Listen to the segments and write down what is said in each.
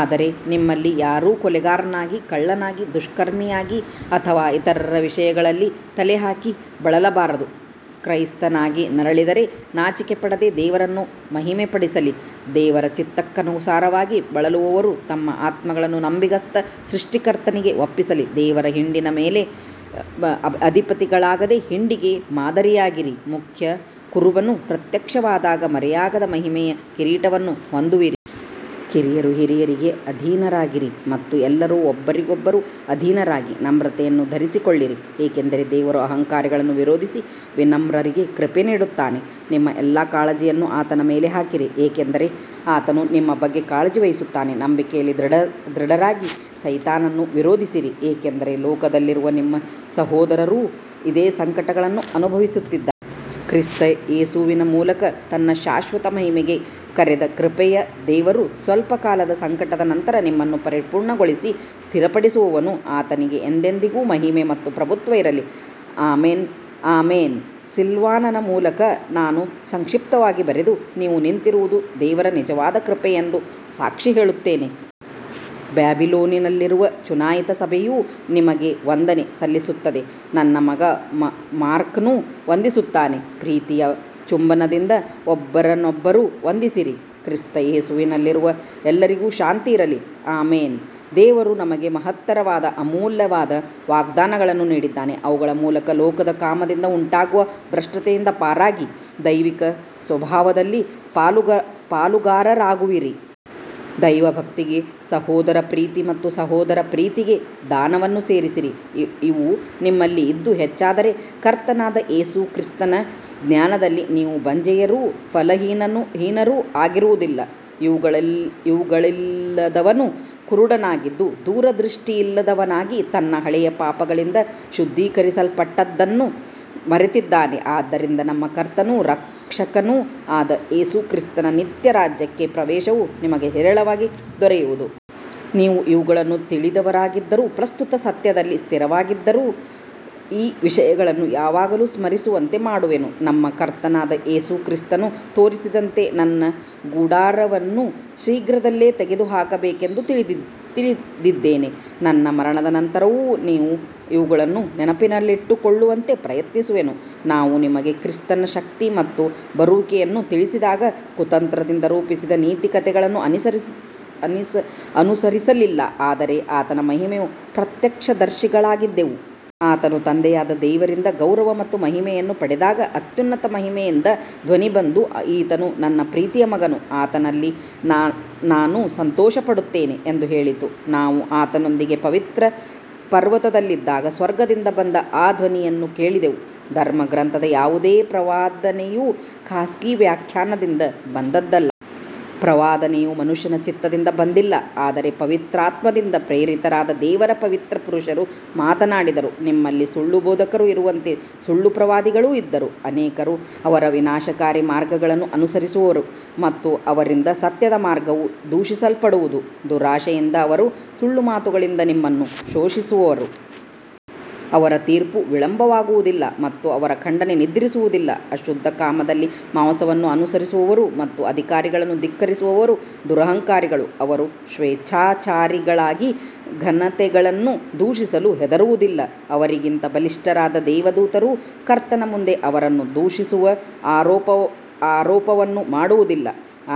ಆದರೆ ನಿಮ್ಮಲ್ಲಿ ಯಾರೂ ಕೊಲೆಗಾರನಾಗಿ ಕಳ್ಳನಾಗಿ ದುಷ್ಕರ್ಮಿಯಾಗಿ ಅಥವಾ ಇತರರ ವಿಷಯಗಳಲ್ಲಿ ತಲೆಹಾಕಿ ಬಳಲಬಾರದು. ಕ್ರೈಸ್ತನಾಗಿ ನರಳಿದರೆ ನಾಚಿಕೆಪಡದೆ ದೇವರನ್ನು ಮಹಿಮೆಪಡಿಸಲಿ. ದೇವರ ಚಿತ್ತಕ್ಕನುಸಾರವಾಗಿ ಬಳಲುವವರು ತಮ್ಮ ಆತ್ಮಗಳನ್ನು ನಂಬಿಗಸ್ತ ಸೃಷ್ಟಿಕರ್ತನಿಗೆ ಒಪ್ಪಿಸಲಿ. ದೇವರ ಹಿಂಡಿನ ಮೇಲೆ ಅಧಿಪತಿಗಳಾಗದೆ ಹಿಂಡಿಗೆ ಮಾದರಿಯಾಗಿರಿ. ಮುಖ್ಯ ಕುರುಬನು ಪ್ರತ್ಯಕ್ಷವಾದಾಗ ಮರೆಯಾಗದ ಮಹಿಮೆಯ ಕಿರೀಟವನ್ನು ಹೊಂದುವಿರಿ. ಕಿರಿಯರು ಹಿರಿಯರಿಗೆ ಅಧೀನರಾಗಿರಿ ಮತ್ತು ಎಲ್ಲರೂ ಒಬ್ಬರಿಗೊಬ್ಬರು ಅಧೀನರಾಗಿ ನಮ್ರತೆಯನ್ನು ಧರಿಸಿಕೊಳ್ಳಿರಿ, ಏಕೆಂದರೆ ದೇವರು ಅಹಂಕಾರಿಗಳನ್ನು ವಿರೋಧಿಸಿ ವಿನಮ್ರರಿಗೆ ಕೃಪೆ ನೀಡುತ್ತಾನೆ. ನಿಮ್ಮ ಎಲ್ಲಾ ಕಾಳಜಿಯನ್ನು ಆತನ ಮೇಲೆ ಹಾಕಿರಿ, ಏಕೆಂದರೆ ಆತನು ನಿಮ್ಮ ಬಗ್ಗೆ ಕಾಳಜಿ ವಹಿಸುತ್ತಾನೆ. ನಂಬಿಕೆಯಲ್ಲಿ ದೃಢರಾಗಿ ಸೈತಾನನನ್ನು ವಿರೋಧಿಸಿರಿ, ಏಕೆಂದರೆ ಲೋಕದಲ್ಲಿರುವ ನಿಮ್ಮ ಸಹೋದರರೂ ಇದೇ ಸಂಕಟಗಳನ್ನು ಅನುಭವಿಸುತ್ತಿದ್ದಾರೆ. ಕ್ರಿಸ್ತ ಯೇಸುವಿನ ಮೂಲಕ ತನ್ನ ಶಾಶ್ವತ ಮಹಿಮೆಗೆ ಕರೆದ ಕೃಪೆಯ ದೇವರು ಸ್ವಲ್ಪಕಾಲದ ಸಂಕಟದ ನಂತರ ನಿಮ್ಮನ್ನು ಪರಿಪೂರ್ಣಗೊಳಿಸಿ ಸ್ಥಿರಪಡಿಸುವನು. ಆತನಿಗೆ ಎಂದೆಂದಿಗೂ ಮಹಿಮೆ ಮತ್ತು ಪ್ರಭುತ್ವ ಇರಲಿ. ಆಮೆನ್. ಸಿಲ್ವಾನನ ಮೂಲಕ ನಾನು ಸಂಕ್ಷಿಪ್ತವಾಗಿ ಬರೆದು, ನೀವು ನಿಂತಿರುವುದು ದೇವರ ನಿಜವಾದ ಕೃಪೆಯೆಂದು ಸಾಕ್ಷಿ ಹೇಳುತ್ತೇನೆ. ಬ್ಯಾಬಿಲೋನಿನಲ್ಲಿರುವ ಚುನಾಯಿತ ಸಭೆಯೂ ನಿಮಗೆ ವಂದನೆ ಸಲ್ಲಿಸುತ್ತದೆ. ನನ್ನ ಮಗ ಮಾರ್ಕನೂ ವಂದಿಸುತ್ತಾನೆ. ಪ್ರೀತಿಯ ಚುಂಬನದಿಂದ ಒಬ್ಬರನ್ನೊಬ್ಬರು ವಂದಿಸಿರಿ. ಕ್ರಿಸ್ತ ಯೇಸುವಿನಲ್ಲಿರುವ ಎಲ್ಲರಿಗೂ ಶಾಂತಿ ಇರಲಿ. ಆಮೆನ್. ದೇವರು ನಮಗೆ ಮಹತ್ತರವಾದ ಅಮೂಲ್ಯವಾದ ವಾಗ್ದಾನಗಳನ್ನು ನೀಡಿದ್ದಾನೆ, ಅವುಗಳ ಮೂಲಕ ಲೋಕದ ಕಾಮದಿಂದ ಉಂಟಾಗುವ ಭ್ರಷ್ಟತೆಯಿಂದ ಪಾರಾಗಿ ದೈವಿಕ ಸ್ವಭಾವದಲ್ಲಿ ಪಾಲುಗಾರರಾಗುವಿರಿ. ದೈವಭಕ್ತಿಗೆ ಸಹೋದರ ಪ್ರೀತಿ ಮತ್ತು ಸಹೋದರ ಪ್ರೀತಿಗೆ ದಾನವನ್ನು ಸೇರಿಸಿರಿ. ಇವು ನಿಮ್ಮಲ್ಲಿ ಇದ್ದು ಹೆಚ್ಚಾದರೆ ಕರ್ತನಾದ ಯೇಸು ಕ್ರಿಸ್ತನ ಜ್ಞಾನದಲ್ಲಿ ನೀವು ಬಂಜೆಯರೂ ಫಲಹೀನರೂ ಆಗಿರುವುದಿಲ್ಲ. ಇವುಗಳಿಲ್ಲದವನು ಕುರುಡನಾಗಿದ್ದು ದೂರದೃಷ್ಟಿಯಿಲ್ಲದವನಾಗಿ ತನ್ನ ಹಳೆಯ ಪಾಪಗಳಿಂದ ಶುದ್ಧೀಕರಿಸಲ್ಪಟ್ಟದ್ದನ್ನು ಮರೆತಿದ್ದಾನೆ. ಆದ್ದರಿಂದ ನಮ್ಮ ಕರ್ತನೂ ರಕ್ಷಕನೂ ಆದ ಯೇಸು ಕ್ರಿಸ್ತನ ನಿತ್ಯ ರಾಜ್ಯಕ್ಕೆ ಪ್ರವೇಶವು ನಿಮಗೆ ಹೇರಳವಾಗಿ ದೊರೆಯುವುದು. ನೀವು ಇವುಗಳನ್ನು ತಿಳಿದವರಾಗಿದ್ದರೂ ಪ್ರಸ್ತುತ ಸತ್ಯದಲ್ಲಿ ಸ್ಥಿರರಾಗಿದ್ದರೂ ಈ ವಿಷಯಗಳನ್ನು ಯಾವಾಗಲೂ ಸ್ಮರಿಸುವಂತೆ ಮಾಡುವೆನು. ನಮ್ಮ ಕರ್ತನಾದ ಯೇಸು ಕ್ರಿಸ್ತನು ತೋರಿಸಿದಂತೆ ನನ್ನ ಗುಡಾರವನ್ನು ಶೀಘ್ರದಲ್ಲೇ ತೆಗೆದುಹಾಕಬೇಕೆಂದು ತಿಳಿದಿದ್ದೇನೆ. ನನ್ನ ಮರಣದ ನಂತರವೂ ನೀವು ಇವುಗಳನ್ನು ನೆನಪಿನಲ್ಲಿಟ್ಟುಕೊಳ್ಳುವಂತೆ ಪ್ರಯತ್ನಿಸುವೆನು. ನಾವು ನಿಮಗೆ ಕ್ರಿಸ್ತನ ಶಕ್ತಿ ಮತ್ತು ಬರುವಿಕೆಯನ್ನು ತಿಳಿಸಿದಾಗ ಕುತಂತ್ರದಿಂದ ರೂಪಿಸಿದ ನೀತಿಕಥೆಗಳನ್ನು ಅನುಸರಿಸಲಿಲ್ಲ, ಆದರೆ ಆತನ ಮಹಿಮೆಯ ಪ್ರತ್ಯಕ್ಷದರ್ಶಿಗಳಾಗಿದ್ದೆವು. ಆತನು ತಂದೆಯಾದ ದೇವರಿಂದ ಗೌರವ ಮತ್ತು ಮಹಿಮೆಯನ್ನು ಪಡೆದಾಗ ಅತ್ಯುನ್ನತ ಮಹಿಮೆಯಿಂದ ಧ್ವನಿ ಬಂದು, ಈತನು ನನ್ನ ಪ್ರೀತಿಯ ಮಗನು, ಆತನಲ್ಲಿ ನಾನು ಸಂತೋಷಪಡುತ್ತೇನೆ ಎಂದು ಹೇಳಿತು. ನಾವು ಆತನೊಂದಿಗೆ ಪವಿತ್ರ ಪರ್ವತದಲ್ಲಿದ್ದಾಗ ಸ್ವರ್ಗದಿಂದ ಬಂದ ಆ ಧ್ವನಿಯನ್ನು ಕೇಳಿದೆವು. ಧರ್ಮಗ್ರಂಥದ ಯಾವುದೇ ಪ್ರವಾದನೆಯೂ ಖಾಸಗಿ ವ್ಯಾಖ್ಯಾನದಿಂದ ಬಂದದ್ದಲ್ಲ. ಪ್ರವಾದನೆಯು ಮನುಷ್ಯನ ಚಿತ್ತದಿಂದ ಬಂದಿಲ್ಲ, ಆದರೆ ಪವಿತ್ರಾತ್ಮದಿಂದ ಪ್ರೇರಿತರಾದ ದೇವರ ಪವಿತ್ರ ಪುರುಷರು ಮಾತನಾಡಿದರು. ನಿಮ್ಮಲ್ಲಿ ಸುಳ್ಳು ಬೋಧಕರು ಇರುವಂತೆ ಸುಳ್ಳು ಪ್ರವಾದಿಗಳೂ ಇದ್ದರು. ಅನೇಕರು ಅವರ ವಿನಾಶಕಾರಿ ಮಾರ್ಗಗಳನ್ನು ಅನುಸರಿಸುವರು ಮತ್ತು ಅವರಿಂದ ಸತ್ಯದ ಮಾರ್ಗವು ದೂಷಿಸಲ್ಪಡುವುದು. ದುರಾಶೆಯಿಂದ ಅವರು ಸುಳ್ಳು ಮಾತುಗಳಿಂದ ನಿಮ್ಮನ್ನು ಶೋಷಿಸುವರು. ಅವರ ತೀರ್ಪು ವಿಳಂಬವಾಗುವುದಿಲ್ಲ ಮತ್ತು ಅವರ ಖಂಡನೆ ನಿದ್ರಿಸುವುದಿಲ್ಲ. ಅಶುದ್ಧ ಕಾಮದಲ್ಲಿ ಮಾಂಸವನ್ನು ಅನುಸರಿಸುವವರು ಮತ್ತು ಅಧಿಕಾರಿಗಳನ್ನು ಧಿಕ್ಕರಿಸುವವರು ದುರಹಂಕಾರಿಗಳು. ಅವರು ಸ್ವೇಚ್ಛಾಚಾರಿಗಳಾಗಿ ಘನತೆಗಳನ್ನು ದೂಷಿಸಲು ಹೆದರುವುದಿಲ್ಲ. ಅವರಿಗಿಂತ ಬಲಿಷ್ಠರಾದ ದೇವದೂತರೂ ಕರ್ತನ ಮುಂದೆ ಅವರನ್ನು ದೂಷಿಸುವ ಆರೋಪವನ್ನು ಮಾಡುವುದಿಲ್ಲ.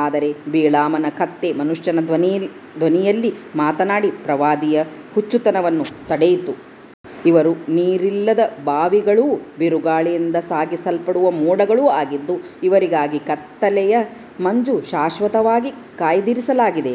ಆದರೆ ಬಿಳಾಮನ ಕತ್ತೆ ಮನುಷ್ಯನ ಧ್ವನಿಯಲ್ಲಿ ಮಾತನಾಡಿ ಪ್ರವಾದಿಯ ಹುಚ್ಚುತನವನ್ನು ತಡೆಯಿತು. ಇವರು ನೀರಿಲ್ಲದ ಬಾವಿಗಳೂ ಬಿರುಗಾಳಿಯಿಂದ ಸಾಗಿಸಲ್ಪಡುವ ಮೋಡಗಳೂ ಆಗಿದ್ದು, ಇವರಿಗಾಗಿ ಕತ್ತಲೆಯ ಮಂಜು ಶಾಶ್ವತವಾಗಿ ಕಾಯ್ದಿರಿಸಲಾಗಿದೆ.